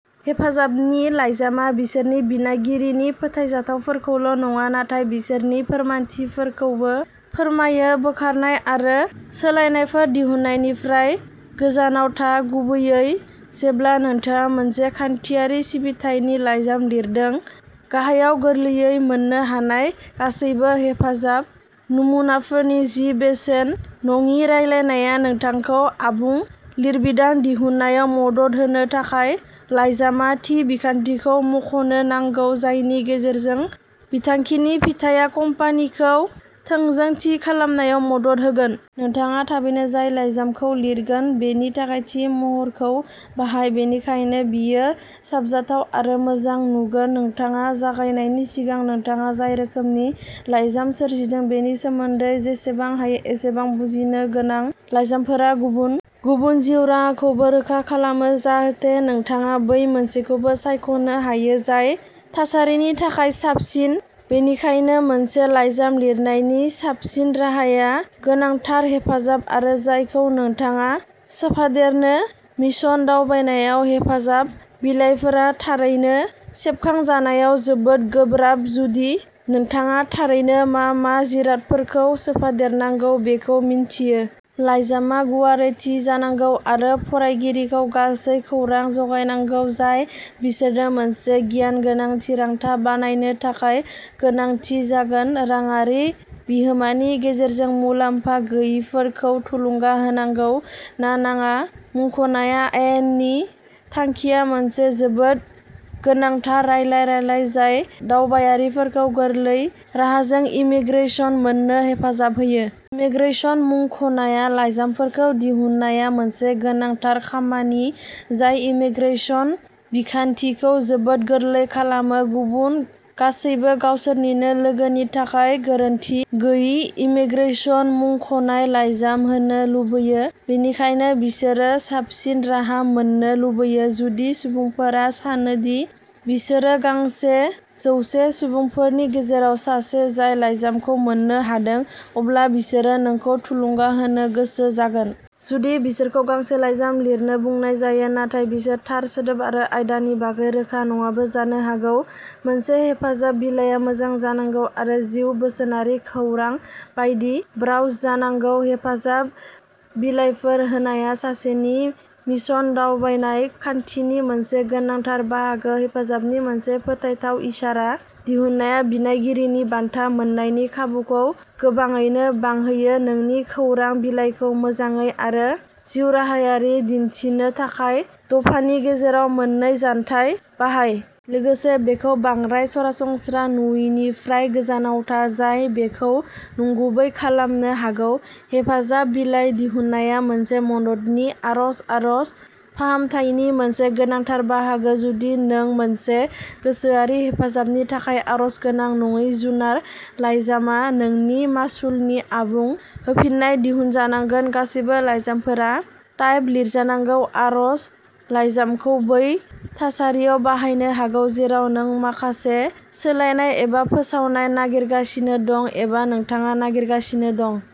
हेफाजाबनि लाइजामआ बिसोरनि बिनायगिरिनि फोथायजाथावखौल' नङा नाथाय बिसोरनि फोरमानथिफोरखौबो फोरमायो बोखारनाय आरो सोलायनायफोर दिहुननायनिफ्राय गोजानाव था गुबैयै जेब्ला नोंथाङा मोनसे खान्थियारि सिबिथायनि लाइजाम लिरदों गाहायाव गोरलैयै मोन्नो हानाय गासैबो हेफाजाब नमुनाफोरनि जि बेसेन नाङि रायलायनाया नोंथांखौ आबुं लिरबिदां दिहुननायाव मदद होनो थाखाय लाइजामआ थि बिखान्थिखौ मख'नो नांगौ जायनि गेजेरजों बिथांखिनि फिथाया कम्पानिखौ थोंजों थि खालामनायाव मदद होगोन। नोंथाङा थाबैनो जाय लाइजामखौ लिरगोन बेनि थाखाय थि महरखौ बाहाय बेनिखायनो बेयो साबजाथाव आरो मोजां नुगोन नोंथाङा जागायनायनि सिगां नोंथाङा जाय रोखोमनि लाइजाम सोरजिदों बेनि सोमोन्दै जेसेबां हायो एसेबां बुजिनो गोनां लाइजामफोरा गुबुन गुबुन जिउ राहाखौबो रोखा खालामो जाहाथे नोंथाङा बै मोनसेखौ सायख'नो हायो जाय थासारिनि थाखाय साबसिन बेनिखायनो मोनसे लाइजाम लिरनायनि साबसिन राहाया गोनांथार हेफाजाब आरो जायखौ नोंथाङा सोफादेरो मिशन दावबायनाय हेफाजाब बिलायफोरा थारैनो सेबखांनायाव जोबोद गोब्राब जुदि नोंथाङा थारैनो मा मा जिरादफोरखौ सोफादेरनांगौ बेखौ मिन्थियो। लाइजामआ गुवारै थि जानांगौ आरो फरायगिरिखौ गासै खौरां जगायनांगौ जाय बिसोरनो मोनसे गियान गोनां थिरांथा बानायनो थाखाय गोनांथि जागोन रांआरि बिहोमानि गेजेरजों मुलाम्फा गैयैफोरखौ थुलुंगा होनांगौ ना नाङा मुंख'नाय आयेननि थांखिआ मोनसे जोबोद गोनांथार रायलाय रायलाय जाय दावबायारिफोरखौ गोरलै राहाजों इमीग्रेसन मोननो हेफाजाब होयो। इमीग्रेसन मुंख'नाय लाइजामखौ दिहुननाया मोनसे गोनांथार खामानि जाय इमीग्रेसन बिखान्थिखौ जोबोद गोरलै खालामो। गुबुन गासैबो गावसोरनिनो लोगोनि थाखाय गोरोन्थि गैयै इमीग्रेसन मुंख'नाय लाइजाम होनो लुबैयो बेनिखायनो बिसोरो साबसिन राहा मोन्नो लुबैयो। जुदि सुबुंफोरा सानो दि बिसोर गांसे जौसे सुबुंफोरनि गेजेराव सासे जाय लाइजामखौ मोन्नो हादों अब्ला बिसोरो नोंखौ थुलुंगा होनो गोसो जागोन। जुदि बिसोरखौ गांसे लाइजाम लिरनो बुंनाय जायो नाथाय बिसोर थार सोदोब आरो आयदानि बागै रोखा नङाबो जानो हागौ। मोनसे हेफाजाब बिलायआ मोजां जानांगौ आरो जिउ बोसोनारि खौरां बायदि ब्रावस जानांगौ हेफाजाब बिलायफोर होनाया सासेनि मिशन दावबायनाय खान्थिनि मोनसे गोनांथार बाहागो हेफाजाबनि मोनसे फोथायथाव इसारा दिहुननाया बिनायगिरिनि बान्था मोन्नायनि खाबुखौ गोबाङैनो बांहोयो नोंनि खौरां बिलाइखौ मोजाङै आरो जिउराहायारि दिन्थिनो थाखाय दफानि गेजेराव मोननै जानथाय बाहाय। लोगोसे बेखौ बांद्राय सरासनस्रा नुयिनिफ्राय गोजानाव था, जाय बेखौ नंगुबै खालामनो हागौ। हेफाजाब बिलाइ दिहुननाया मोनसे मददनि आर'ज आर'ज फाहामथायनि मोनसे गोनांथार बाहागो जुदि नों मोनसे गोसोआरि हेफाजाबनि थाखाय आर'ज गोनां नङा जुनार लाइजामआ नोंनि मासुलनि आबुं होफिन्नाय दिहुनजागोन गासैबो लाइजामफोरा टाइप लिरजानांगौ आर'ज लायजामखौ बै थासारियाव बाहायनो हागौ जेराव नों माखासे सोलायनाय एबा फोसाबनाय नागिरगासिनो दं एबा नोंथाङा नागिरगासिनो दं।